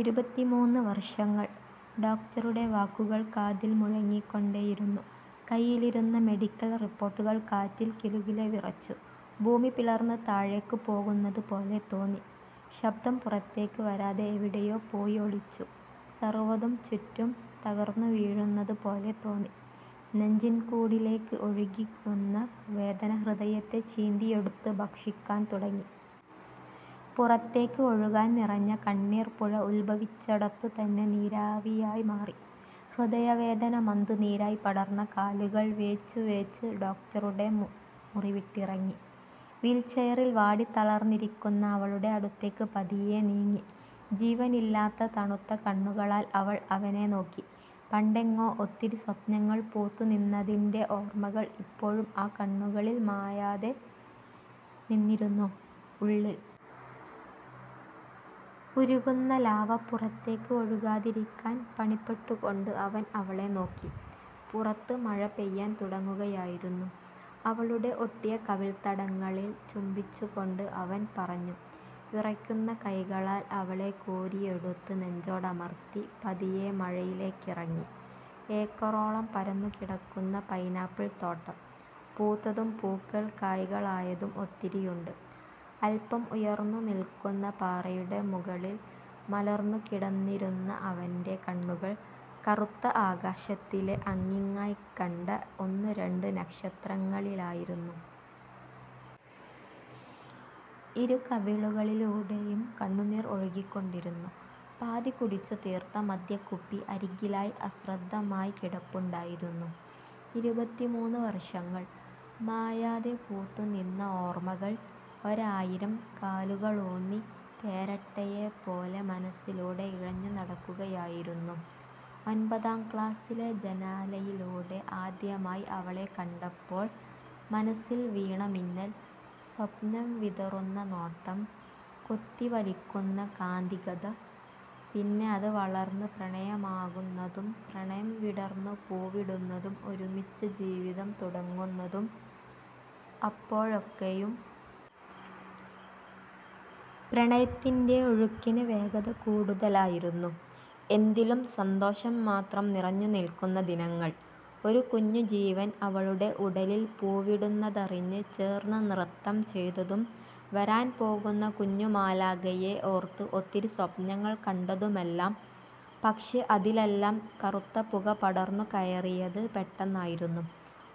ഇരുപത്തിമൂന്ന് വർഷങ്ങൾ. ഡോക്ടറുടെ വാക്കുകൾ കാതിൽ മുഴങ്ങിക്കൊണ്ടേയിരുന്നു. കയ്യിലിരുന്ന മെഡിക്കൽ റിപ്പോർട്ടുകൾ കാറ്റിൽ കിലുകിലെ വിറച്ചു. ഭൂമി പിളർന്ന് താഴേക്ക് പോകുന്നതുപോലെ തോന്നി. ശബ്ദം പുറത്തേക്ക് വരാതെ എവിടെയോ പോയി ഒളിച്ചു. സർവതും ചുറ്റും തകർന്നുവീഴുന്നതുപോലെ തോന്നി. നെഞ്ചിൻകൂടിലേക്ക് ഒഴുകിവന്ന വേദന ഹൃദയത്തെ ചീന്തിയെടുത്ത് ഭക്ഷിക്കാൻ തുടങ്ങി. പുറത്തേക്ക് ഒഴുകാൻ നിറഞ്ഞ കണ്ണീർ പുഴ ഉത്ഭവിച്ചിടത്തുതന്നെ നീരാവിയായി മാറി. ഹൃദയവേദന മന്തുനീരായി പടർന്ന കാലുകൾ വേച്ചുവേച്ച് ഡോക്ടറുടെ മുറിവിട്ടിറങ്ങി. വീൽചെയറിൽ വാടിത്തളർന്നിരിക്കുന്ന അവളുടെ അടുത്തേക്ക് പതിയെ നീങ്ങി. ജീവനില്ലാത്ത തണുത്ത കണ്ണുകളാൽ അവൾ അവനെ നോക്കി. പണ്ടെങ്ങോ ഒത്തിരി സ്വപ്നങ്ങൾ പൂത്തുനിന്നതിന്റെ ഓർമകൾ ഇപ്പോഴും ആ കണ്ണുകളിൽ മായാതെ നിന്നിരുന്നു. ഉള്ളിൽ ഉരുകുന്ന ലാവ പുറത്തേക്ക് ഒഴുകാതിരിക്കാൻ പണിപ്പെട്ടുകൊണ്ട് അവൻ അവളെ നോക്കി. പുറത്ത് മഴ പെയ്യാൻ തുടങ്ങുകയായിരുന്നു. അവളുടെ ഒട്ടിയ കവിൾത്തടങ്ങളിൽ ചുംബിച്ചുകൊണ്ട് അവൻ പറഞ്ഞു. വിറയ്ക്കുന്ന കൈകളാൽ അവളെ കോരിയെടുത്ത് നെഞ്ചോടമർത്തി പതിയെ മഴയിലേക്കിറങ്ങി. ഏക്കറോളം പരന്നുകിടക്കുന്ന പൈനാപ്പിൾ തോട്ടം. പൂത്തതും പൂക്കൾ കായ്കളായതും ഒത്തിരിയുണ്ട്. അല്പം ഉയർന്നുനിൽക്കുന്ന പാറയുടെ മുകളിൽ മലർന്നുകിടന്നിരുന്ന അവന്റെ കണ്ണുകൾ കറുത്ത ആകാശത്തിലെ അങ്ങിങ്ങായി കണ്ട ഒന്നുരണ്ട് നക്ഷത്രങ്ങളിലായിരുന്നു. ഇരുകവിളുകളിലൂടെയും കണ്ണുനീർ ഒഴുകിക്കൊണ്ടിരുന്നു. പാതി കുടിച്ചുതീർത്ത മദ്യക്കുപ്പി അരികിലായി അശ്രദ്ധമായി കിടപ്പുണ്ടായിരുന്നു. ഇരുപത്തിമൂന്ന് വർഷങ്ങൾ. മായാതെ പൂത്തുനിന്ന ഓർമകൾ ഒരായിരം കാലുകളൂന്നി തേരട്ടയെപ്പോലെ മനസ്സിലൂടെ ഇഴഞ്ഞുനടക്കുകയായിരുന്നു. ഒൻപതാം ക്ലാസിലെ ജനാലയിലൂടെ ആദ്യമായി അവളെ കണ്ടപ്പോൾ മനസ്സിൽ വീണ മിന്നൽ. സ്വപ്നം വിതറുന്ന നോട്ടം. കൊത്തിവലിക്കുന്ന കാന്തികത. പിന്നെ അത് വളർന്ന് പ്രണയമാകുന്നതും പ്രണയം വിടർന്ന് പൂവിടുന്നതും ഒരുമിച്ച് ജീവിതം തുടങ്ങുന്നതും. അപ്പോഴൊക്കെയും പ്രണയത്തിന്റെ ഒഴുക്കിന് വേഗത കൂടുതലായിരുന്നു. എന്തിലും സന്തോഷം മാത്രം നിറഞ്ഞുനിൽക്കുന്ന ദിനങ്ങൾ. ഒരു കുഞ്ഞുജീവൻ അവളുടെ ഉടലിൽ പൂവിടുന്നതറിഞ്ഞ് ചേർന്ന് നൃത്തം ചെയ്തതും വരാൻ പോകുന്ന കുഞ്ഞുമാലാഖയെ ഓർത്ത് ഒത്തിരി സ്വപ്നങ്ങൾ കണ്ടതുമെല്ലാം. പക്ഷേ അതിലെല്ലാം കറുത്ത പുക പടർന്നുകയറിയത് പെട്ടെന്നായിരുന്നു.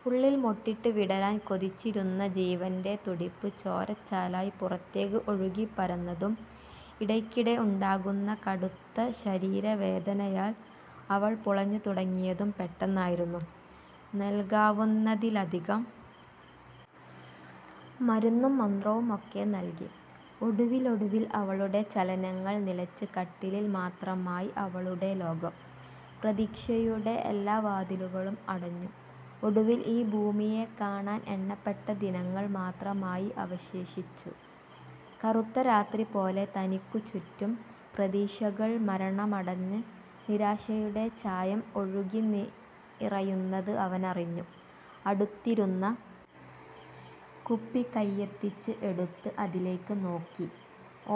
ഉള്ളിൽ മൊട്ടിട്ട് വിടരാൻ കൊതിച്ചിരുന്ന ജീവന്റെ തുടിപ്പ് ചോരച്ചാലായി പുറത്തേക്ക് ഒഴുകിപ്പരന്നതും ഇടയ്ക്കിടെ ഉണ്ടാകുന്ന കടുത്ത ശരീരവേദനയാൽ അവൾ പുളഞ്ഞുതുടങ്ങിയതും പെട്ടെന്നായിരുന്നു. നൽകാനാവുന്നതിലധികം മരുന്നും മന്ത്രവുമൊക്കെ നൽകി. ഒടുവിലൊടുവിൽ അവളുടെ ചലനങ്ങൾ നിലച്ച് കട്ടിലിൽ മാത്രമായി അവളുടെ ലോകം. പ്രതീക്ഷയുടെ എല്ലാ വാതിലുകളും അടഞ്ഞു. ഒടുവിൽ ഈ ഭൂമിയെ കാണാൻ എണ്ണപ്പെട്ട ദിനങ്ങൾ മാത്രമായി അവശേഷിച്ചു. കറുത്ത രാത്രി പോലെ തനിക്കു ചുറ്റും പ്രതീക്ഷകൾ മരണമടഞ്ഞ് നിരാശയുടെ ചായം ഒഴുകിനിറയുന്നത് അവനറിഞ്ഞു. അടുത്തിരുന്ന കുപ്പി കൈയെത്തിച്ച് എടുത്ത് അതിലേക്ക് നോക്കി.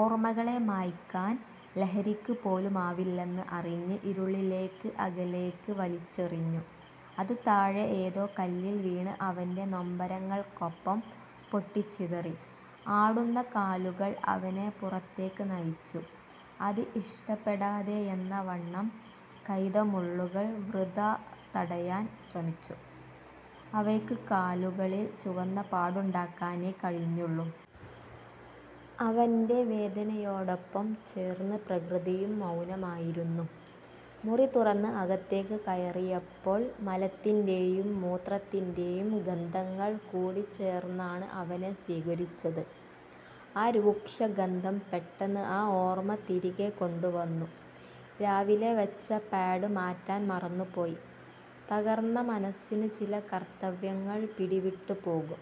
ഓർമകളെ മായ്ക്കാൻ ലഹരിക്ക് പോലുമാവില്ലെന്ന് അറിഞ്ഞ് ഇരുളിലേക്ക് അകലേക്ക് വലിച്ചെറിഞ്ഞു. അത് താഴെ ഏതോ കല്ലിൽവീണ് അവന്റെ നൊമ്പരങ്ങൾക്കൊപ്പം പൊട്ടിച്ചിതറി. ആടുന്ന കാലുകൾ അവനെ പുറത്തേക്ക് നയിച്ചു. അത് ഇഷ്ടപ്പെടാതെയെന്നവണ്ണം കൈതമുള്ളുകൾ വൃഥാ തടയാൻ ശ്രമിച്ചു. അവയ്ക്ക് കാലുകളിൽ ചുവന്ന പാടുണ്ടാക്കാനേ കഴിഞ്ഞുള്ളൂ. അവന്റെ വേദനയോടൊപ്പം ചേർന്ന് പ്രകൃതിയും മൗനമായിരുന്നു. മുറി തുറന്ന് അകത്തേക്ക് കയറിയപ്പോൾ മലത്തിന്റെയും മൂത്രത്തിന്റെയും ഗന്ധങ്ങൾ കൂടിച്ചേർന്നാണ് അവനെ സ്വീകരിച്ചത്. ആ രൂക്ഷഗന്ധം പെട്ടെന്ന് ആ ഓർമ തിരികെ കൊണ്ടുവന്നു. രാവിലെ വെച്ച പാഡ് മാറ്റാൻ മറന്നുപോയി. തകർന്ന മനസ്സിന് ചില കർത്തവ്യങ്ങൾ പിടിവിട്ടുപോകും.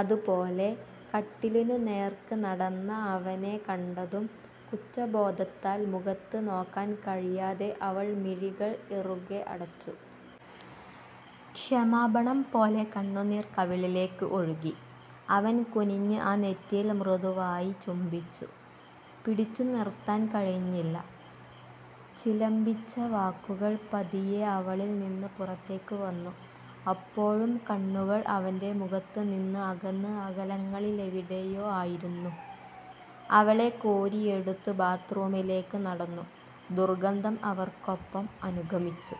അതുപോലെ. കട്ടിലിനു നേർക്ക് നടന്ന അവനെ കണ്ടതും കുറ്റബോധത്താൽ മുഖത്ത് നോക്കാൻ കഴിയാതെ അവൾ മിഴികൾ ഇറുകെ അടച്ചു. ക്ഷമാപണം പോലെ കണ്ണുനീർ കവിളിലേക്ക് ഒഴുകി. അവൻ കുനിഞ്ഞ് ആ നെറ്റിയിൽ മൃദുവായി ചുംബിച്ചു. പിടിച്ചുനിർത്താൻ കഴിഞ്ഞില്ല. ചിലമ്പിച്ച വാക്കുകൾ പതിയെ അവളിൽനിന്ന് പുറത്തേക്ക് വന്നു. അപ്പോഴും കണ്ണുകൾ അവന്റെ മുഖത്തുനിന്ന് അകന്ന് അകലങ്ങളിലെവിടെയോ ആയിരുന്നു. അവളെ കോരിയെടുത്ത് ബാത്ത്റൂമിലേക്ക് നടന്നു. ദുർഗന്ധം അവർക്കൊപ്പം അനുഗമിച്ചു.